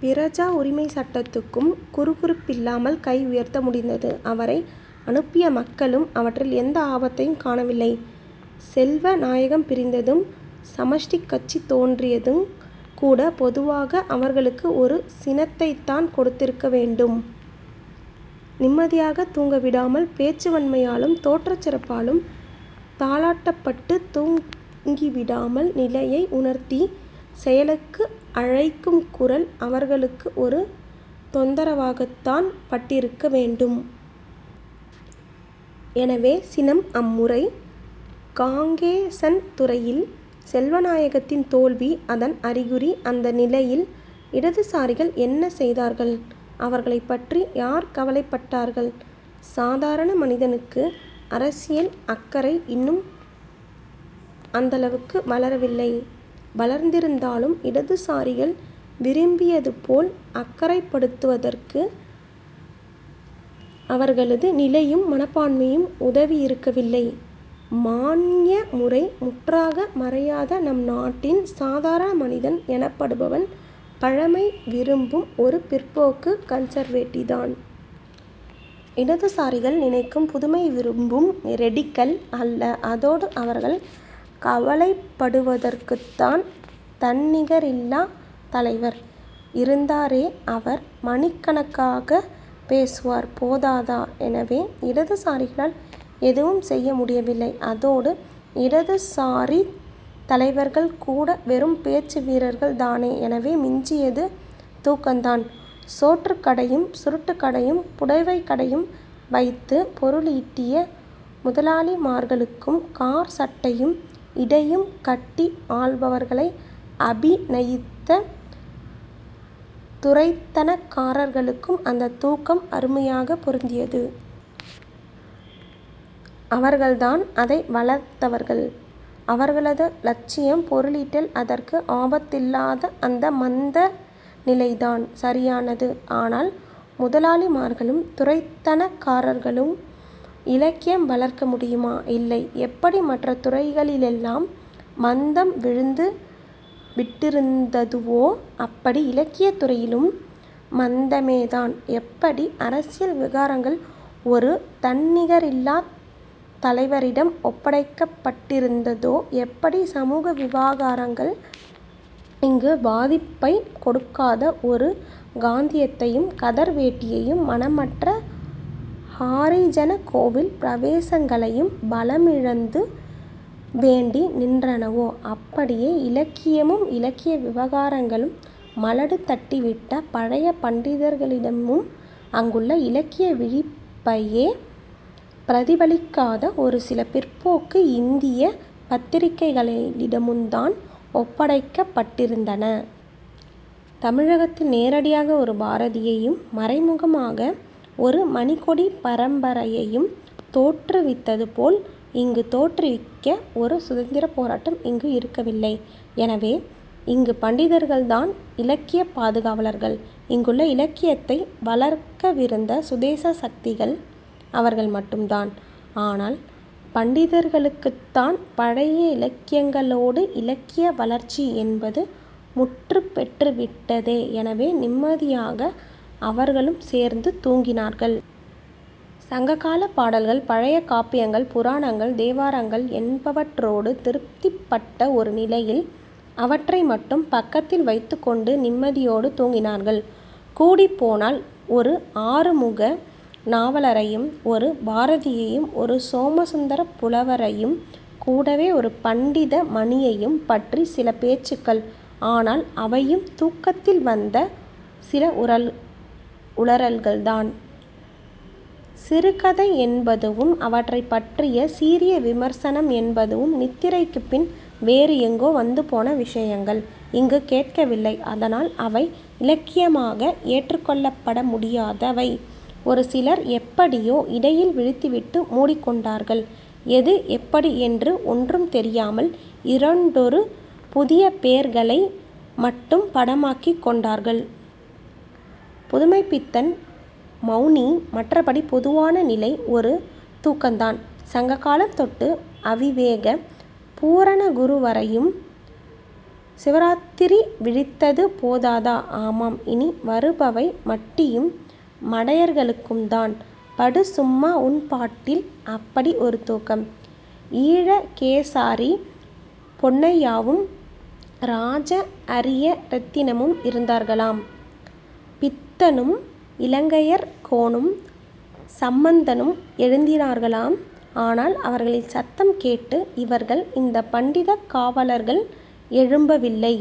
பிரஜா உரிமை சட்டத்துக்கும் குறுகுறுப்பில்லாமல் கை உயர்த்த முடிந்தது. அவரை அனுப்பிய மக்களும் அவற்றில் எந்த ஆபத்தையும் காணவில்லை. செல்வநாயகம் பிரிந்ததும் சமஷ்டிக் கட்சி தோன்றியதுங் கூட பொதுவாக அவர்களுக்கு ஒரு சினத்தைத்தான் கொடுத்திருக்க வேண்டும். நிம்மதியாகக் தூங்கவிடாமல் பேச்சு வன்மையாலும் தோற்றச் சிறப்பாலும் தாலாட்டப்பட்டுத் தூங்கிவிடாமல் நிலையை உணர்த்திச் செயலுக்கு அழைக்கும் குரல் அவர்களுக்கு ஒரு தொந்தரவாகத்தான் பட்டிருக்க வேண்டும். எனவே சினம். அம்முறை காங்கேசன்துறையில் செல்வநாயகத்தின் தோல்வி அதன் அறிகுறி. அந்த நிலையில் இடதுசாரிகள் என்ன செய்தார்கள் அவர்களைப்பற்றி யார் கவலைப்பட்டார்கள் சாதாரண மனிதனுக்கு அரசியல் அக்கறை இன்னும் அந்தளவுக்கு வளரவில்லை. வளர்ந்திருந்தாலும் இடதுசாரிகள் விரும்பியதுபோல் அக்கறைப்படுவதற்கு அவர்களது நிலையும் மனப்பான்மையும் உதவியிருக்கவில்லை. மான்யமுறை முற்றாக மறையாத நம் நாட்டின் சாதாரண மனிதன் எனப்படுபவன் பழமை விரும்பும் ஒரு பிற்போக்கு கன்சர்வேட்டிவ்' தான். இடதுசாரிகள் நினைக்கும் புதுமை விரும்பும் ரெடிக்கல் அல்ல. அதோடு அவர்கள் கவலைப்படுவதற்குத்தான் தன்னிகரில்லாத் தலைவர் இருந்தாரே அவர் மணிக்கணக்காகப் பேசுவார். போதாதா எனவே இடதுசாரிகளால் எதுவும் செய்ய முடியவில்லை. அதோடு இடதுசாரித் தலைவர்கள் கூடவெறும் பேச்சு வீரர்கள் தானே எனவே மிஞ்சியது தூக்கந்தான். சோற்றுக் கடையும் சுருட்டுக் கடையும் புடவைக் கடையும் வைத்துப் பொருளீட்டிய முதலாளிமார்களுக்கும் காற்சட்டையும் இடையும் கட்டி ஆள்பவர்களை அபிநயித்த துரைத்தனக்காரர்களுக்கும் அந்தத் தூக்கம் அருமையாகப் பொருந்தியது. அவர்கள்தான் அதை வளர்த்தார்கள். அவர்களது லட்சியம் பொருளீட்டல். அதற்கு ஆபத்தில்லாத அந்த மந்த நிலைதான் சரியானது. ஆனால் முதலாளிமார்களாலும் துரைத்தனக்காரர்களாலும் இலக்கியம் வளர்க்க முடியுமா? இல்லை, எப்படி மற்ற துறைகளிலெல்லாம் மந்தம் விழுந்து விட்டிருந்ததுவோ அப்படி இலக்கியத் துறையிலும் மந்தமேதான். எப்படி அரசியல் விவகாரங்கள் ஒரு தன்னிகரில்லாத் தலைவரிடம் ஒப்படைக்கப்பட்டிருந்ததோ எப்படி சமூக விவகாரங்கள் இங்கு பாதிப்பைக் கொடுக்காத ஒரு காந்தியத்தையும் கதர் வேட்டியையும் மனமற்ற ஹாரிஜன கோவில் பிரவேசங்களையும் பலமிழந்து வேண்டி நின்றனவோ அப்படியே இலக்கியமும் இலக்கிய விவகாரங்களும் மலடு தட்டிவிட்ட பழைய பண்டிதர்களிடமும் அங்குள்ள இலக்கிய விழிப்பையே பிரதிபலிக்காத ஒரு சில பிற்போக்கு இந்தியப் பத்திரிகைகளிடமுந்தான் ஒப்படைக்கப் பட்டிருந்தன. தமிழகத்தில் நேரடியாக ஒரு பாரதியையும் மறைமுகமாக ஒரு மணிகொடிப் பரம்பரையையும் தோற்றுவித்ததுபோல் இங்கும் தோற்றுவிக்க ஒரு சுதந்திரப் போராட்டம் இங்கு இருக்கவில்லை. எனவே இங்கு பண்டிதர்கள்தான் இலக்கியப் பாதுகாவலர்கள். இங்குள்ள இலக்கியத்தை வளர்க்கவிருந்த சுதேச சக்திகள் அவர்கள் மட்டும்தான். ஆனால் பண்டிதர்களுக்குத்தான் பழைய இலக்கியங்களோடு இலக்கிய வளர்ச்சி என்பது முற்றுப்பெற்று விட்டதே எனவே நிம்மதியாக அவர்களும் சேர்ந்து தூங்கினார்கள். சங்ககாலப் பாடல்கள் பழைய காப்பியங்கள் புராணங்கள் தேவாரங்கள் என்பவற்றோடு திருப்திப்பட்ட ஒரு நிலையில் அவற்றை மட்டும் பக்கத்தில் வைத்துக்கொண்டு நிம்மதியோடு தூங்கினார்கள். கூடிப்போனால் ஒரு ஆறுமுக நாவலரையும் ஒரு பாரதியையும் ஒரு சோமசுந்தரப் புலவரையும் கூடவே ஒரு பண்டித மணியையும் பற்றிச் சில பேச்சுகள். ஆனால் அவையும் தூக்கத்தில் வந்த சில உளறல்கள்தான். சிறுகதை என்பதுவும் அவற்றைப் பற்றிய சீரிய விமர்சனம் என்பதுவும் நித்திரைக்குப் பின் வேறு எங்கோ வந்துபோன விஷயங்கள். இங்கு கேட்கவில்லை. அதனால் அவை இலக்கியமாக ஏற்றுக்கொள்ளப்படமுடியாதவை. ஒரு சிலர் எப்படியோ இடையில் விழித்துவிட்டு மூடிக்கொண்டார்கள். எது எப்படி என்று ஒன்றும் தெரியாமல் இரண்டொரு புதிய பேர்களை மட்டும் பாடமாக்கிக் கொண்டார்கள். புதுமைப்பித்தன் மெளனி மற்றபடி பொதுவான நிலை ஒரே தூக்கந்தான். சங்ககாலம் தொட்டு அவிவேக பூரணகுரு வரையும் சிவராத்திரிவிழித்தது போதாதா? ஆமாம் இனி வருபவை மட்டியும் மடையர்களுந்தான். படு சும்மா உன் பாட்டில் அப்படி ஒரு தூக்கம். ஈழகேசாரிப் பொன்னையாவும் ராஜ அரிய இரெத்தினமும் இருந்தார்களாம். பித்தனும் இலங்கையர் கோனும் சம்பந்தனும் எழுதினார்களாம். ஆனால் அவர்களின் சத்தம் கேட்டு இவர்கள் இந்தப் பண்டிதப் பாதுகாவலர்கள் எழும்பவில்லை.